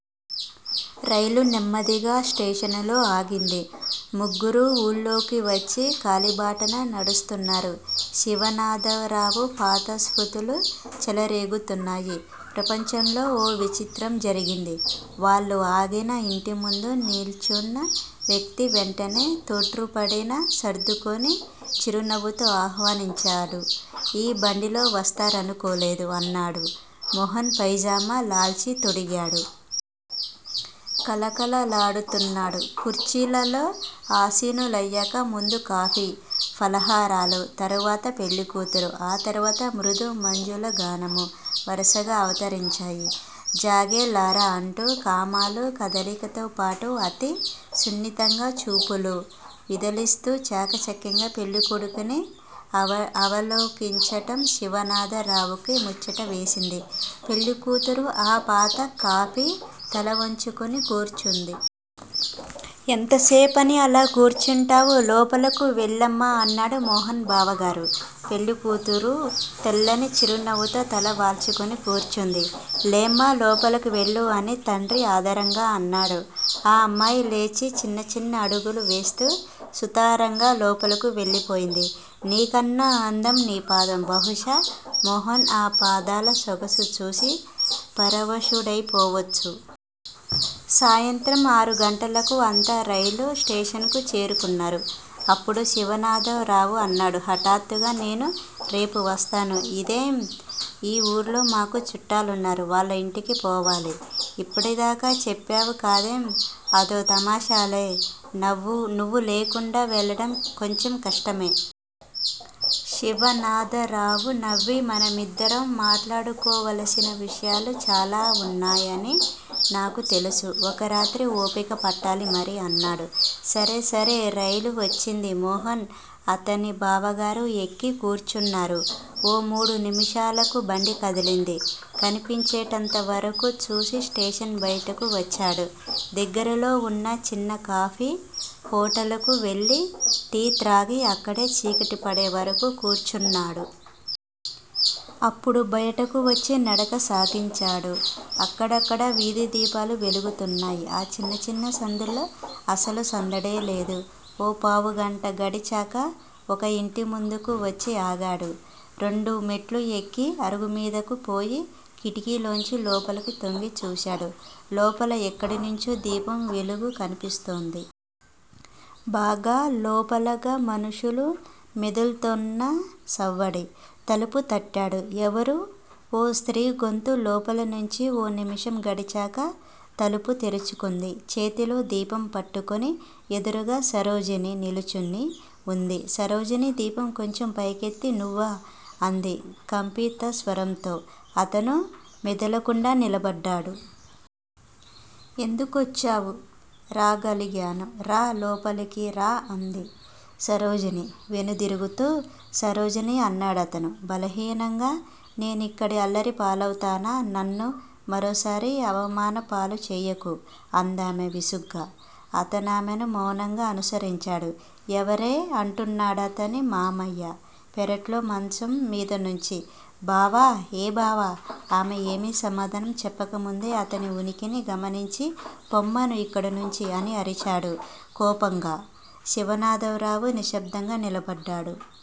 రైలు నెమ్మదిగా స్టేషనులో ఆగింది. ముగ్గురూ ఊళ్ళోకివచ్చి కాలిబాటన నడుస్తున్నారు. శివనాథరావులో పాత స్మృతులు చెలరేగుతున్నాయి. ప్రపంచంలో ఓ విచిత్రం జరిగింది వాళ్ళు ఆగిన ఇంటిముందు నిల్చున్న వ్యక్తి వెంటనే తొట్రుపడినా, సర్దుకుని చిరునవ్వుతో ఆహ్వానించాడు. 'ఈ బండిలో వస్తారనుకోలేదు' అన్నాడు. మోహన్ పైజామా లాల్చి తొడిగాడు. కళకళలాడుతున్నాడు. కుర్చీలలో ఆసీనులయాక, ముందు కాఫీ ఫలహారాలూ, తరువాత పెళ్ళి కూతురూ, ఆ తరువాత మృదు మంజులగానమూ వరుసగా అవతరించాయి. 'జాగేలరా' అంటూ కామాలూ, కదలికతోపాటూ అతి సున్నితంగా చూపులూ విదిలిస్తూ-చాకచక్యంగా పెళ్ళికొడుకుని అవలోకించటం శివనాథ రావుకు ముచ్చటవేసింది. పెళ్ళికూతురు ఆ పాత ఆపి తలవంచుకుని కూర్చుంది. 'ఎంతసేపని అలా కూర్చుంటావు? లోపలకు వెళ్ళమ్మా' అన్నాడు మోహన్ బావగారు. పెళ్ళికూతురు తెల్లని చిరునవ్వుతో తల వాల్చుకుని కూర్చుంది. లేమ్మా, లోపలకు వెళ్ళు అని తండ్రి ఆదరంగా అన్నాడు. ఆ అమ్మాయి లేచి చిన్నచిన్న అడుగులు వేస్తూ సుతారంగా లోపలకు వెళ్ళిపోయింది. 'నీకన్నా అందం నీ పాదం' బహుశా మోహన్ ఆ పాదాలసొగసు చూసి పరవశుడైపోవచ్చు. సాయంత్రం ఆరుగంటలకు అంతా రైలు స్టేషన్ కు చేరుకున్నారు. అప్పుడు శివనాథరావు అన్నాడు హఠాత్తుగా 'నేను రేపు వస్తాను. ' అదేం? ఈ ఊళ్ళో మాకు చుట్టాలున్నారు. వాళ్ళ యింటికి పోవాలి. ఇప్పటిదాకా చెప్పావు కాదేం? అదో తమాషాలే. నువ్వు లేకుండా వెళ్ళడం కొంచెం కష్టమే. శివనాథరావు నవ్వి మనమిద్దరం మాట్లాడుకోవలసిన విషయాలు చాలా వున్నాయని నాకుతెలుసు. ఒకరాత్రి ఓపిక పట్టాలి మరి అన్నాడు. సరే, సరే. రైలు వచ్చింది. మోహన్, అతని బావగారు ఎక్కి కూర్చున్నారు. ఓ మూడు నిముషాలకు బండి కదిలింది. కనిపించేటంతవరకూ చూసి స్టేషన్ బయటకు వచ్చాడు. దగ్గరలో వున్న చిన్న కాఫీ హోటలుకు వెళ్ళి టీత్రాగి, అక్కడే చీకటి పడేవరకూ కూర్చున్నాడు. అప్పుడు బయటకు వచ్చి నడక సాగించాడు. అక్కడక్కడా వీధిదీపాలు వెలుగుతున్నాయి. ఆ చిన్నిచిన్ని సందుల్లో అసలు సందడే లేదు. ఓ పావుగంట గడిచాక ఒక యింటిముందుకు వచ్చి ఆగాడు. రెండు మెట్లుఎక్కి అరుగుమీదకు పోయి కిటికీలోంచి లోపలకు తొంగి చూశాడు. లోపల ఎక్కడినుంచో దీపం వెలుగు కనిపిస్తోంది. బాగా లోపలగా మనుషులు మెదుల్తోన్న సవ్వడి తలుపు తట్టాడు. ఎవరూ? ఓ స్త్రీ గొంతు లోపలినుంచి ఓ నిముషం గడిచాక తలుపు తెరుచుకుంది చేతిలో దీపం పట్టుకుని ఎదురుగా సరోజిని నిలుచుని వుంది. సరోజిని దీపం కొంచెం పైకెత్తి నువ్వా? అంది కంపితస్వరంతో. అతను మెదలకుండా నిలబడ్డాడు. ఎందుకొచ్చావ్? రాగలిగాను. రా, లోపలికి రా అంది సరోజిని వెనుదిరుగుతూ. సరోజినీ అన్నాడతను బలహీనంగా నేనిక్కడ అల్లరిపాలవుతానా? నన్ను మరోసారి అవమానంపాలు చేయకు అందామె విసుగ్గా. అతనామెను మౌనంగా అనుసరించాడు. ఎవరే? అంటున్నాడతని మామయ్య పెరట్లో మంచం మీదనుంచి. బావ! ఏ బావ? ఆమె ఏమీ సమాధానం చెప్పకముందే, అతని ఉనికిని గమనించి పొమ్మను ఇక్కడినుంచి అని అరిచాడు కోపంగా. శివనాథరావు నిశ్శబ్దంగా నిలబడ్డాడు.